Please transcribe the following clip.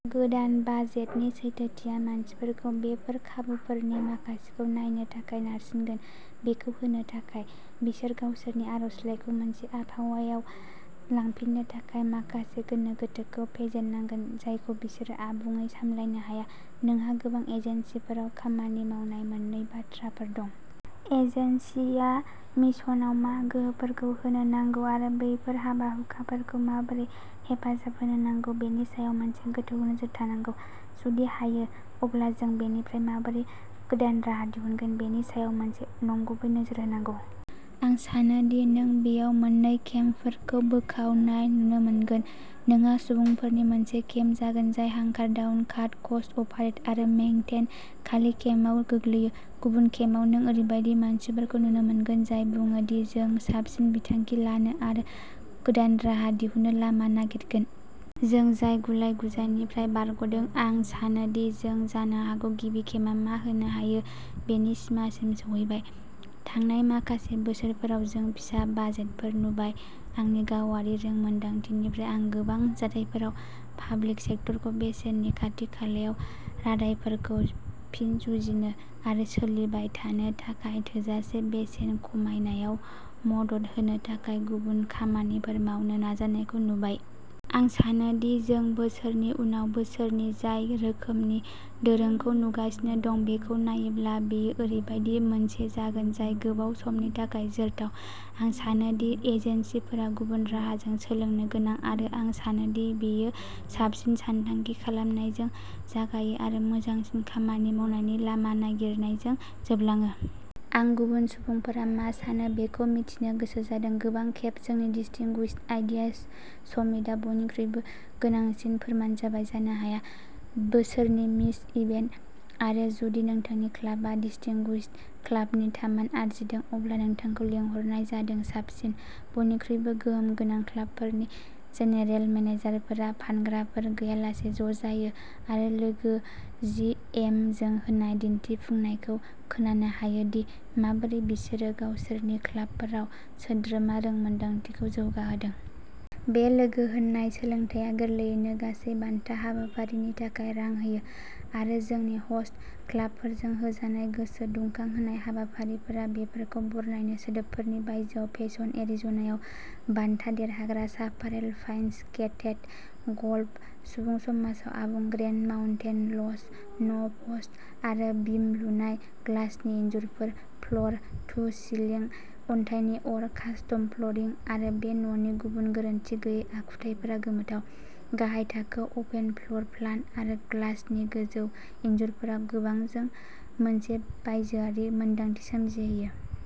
गोदान बाजेटनि सैथोथिया मानसिफोरखौ बेफोर खाबुफोरनि माखासेखौ नायनो थाखाय नारसिनगोन। बेखौ होनो थाखाय, बिसोर गावसोरनि आर'जलाइखौ मोनसे आबहावायाव लांफिननो थाखाय माखासे गोनो गोथोखौ फेजेननांगोन जायखौ बिसोरो आबुङै सामलायनो हाया। नोंहा गोबां एजेन्सिफोराव खामानि मावनाय मोन्नै बाथ्राफोर दं। एजेन्सिआ मिशनआव मा गोहोफोरखौ होनो नांगौ आरो बैफोर हाबा-हुखाफोरखौ माबोरै हेफाजाब होनो नांगौ, बेनि सायाव मोनसे गोथौ नोजोर थानांगौ। जुदि हायो, अब्ला जों बेनिफ्राय माबोरै गोदान राहा दिहुनगोन बेनि सायाव मोनसे नंगुबै नोजोर होनांगौ। आं सानो दि नों बेयाव मोन्नै केम्पफोरखौ बोखावनाय नुनो मोनगोन। नोंहा सुबुंफोरनि मोनसे केम्प जागोन जाय हांकार डाउन, काट कस्ट, अपारेट आरो मेंटेन खालि केम्पआव गोग्लैयो। गुबुन केम्पआव नों ओरैबायदि मानसिफोरखौ नुनो मोनगोन जाय बुङो दि जों साबसिन बिथांखि लानो आरो गोदान राहा दिहुननो लामा नागिरगोन। जों जाय गुलाय-गुजायनिफ्राय बारग'दों। आं सानो दि जों जानो हागौ गिबि केम्पआ मा होनो हायो बेनि सिमासिम सौहैबाय। थांनाय माखासे बोसोरफोराव जों फिसा बाजेटफोर नुबाय। आंनि गावारि रोंमोनदांथिनिफ्राय आं गोबां जाथायफोराव पाब्लिक सेक्टरखौ बेसेननि खाथि-खालायाव रादायफोरखौ फिन जुजिनो आरो सोलिबाय थानो थाखाय थोजासे बेसेन खमायनायाव मदद होनो थाखाय गुबुन खामानिफोर मावनो नाजानायखौ नुबाय। आं सानो दि जों बोसोरनि उनाव बोसोरनि जाय रोखोमनि दोरोंखौ नुगासिनो दं बेखौ नायोब्ला बेयो ओरैबायदि मोनसे जागोन जाय गोबाव समनि थाखाय जोरथाव। आं सानो दि एजेन्सिफोरा गुबुन राहाजों सोलोंनो गोनां आरो आं सानो दि बेयो साबसिन सानथांखि खालामनायजों जागायो आरो मोजांसिन खामानि मावनायनि लामा नागिरनायजों जोबलाङो। आं गुबुन सुबुंफोरा मा सानो बेखौ मिथिनो गोसो जादों। गोबां खेब, जोंनि डिस्टिंगुइश्ड आइडियाज समिटआ बयनिख्रुइबो गोनांसिन फोरमान जाबाय, जानो हाया। बोसोरनि मिस इभेन्ट, आरो जुदि नोंथांनि क्लाबआ डिस्टिंगुइश्ड क्लाबनि थामान आरजिदों, अब्ला नोंथांखौ लिंहरनाय जादों साबसिन, बयनिख्रुइबो गोहोम गोनां क्लाबफोरनि जेनेरेल मेनेजारफोरा फानग्राफोर गैयालासे ज'जायो आरो लोगो जि एम जों होनाय दिन्थिफुंनायखौ खोनानो हायो दि माबोरै बिसोरो गावसोरनि क्लाबफोराव सोद्रोमा रोंमोनदांथिखौ जौगाहोदों। बे लोगो होन्नाय सोलोंथायआ गोरलैयैनो गासै बान्था हाबाफारिनि थाखाय रां होयो, आरो जोंनि ह'स्ट क्लाबफोरजों होजानाय गोसो दुंखांहोनाय हाबाफारिफोरा बेफोरखौ बरनायनो सोदोबफोरनि बायजोआव पेसन, एरिज'नायाव बान्था देरहाग्रा चापारेल पाइन्स गेटेड, गल्फ सुबुं समाजाव आबुं ग्रेन्ड माउन्टेन लज न' प'स्ट आरो बिम लुनाय, ग्लासनि इनजुरफोर, फ्ल'र-टु-सिलिं अन्थाइनि अर, कास्टम फ्ल'रिं आरो बे न'नि गुबुन गोरोनथि गैयै आखुथायफोरा गोमोथाव, गाहाय थाखोआव अपेन फ्ल'र प्लान आरो ग्लासनि गोजौ इनजुरफोरा गोबांजों मोनसे बायजोआरि मोनदांथि सोमजिहोयो।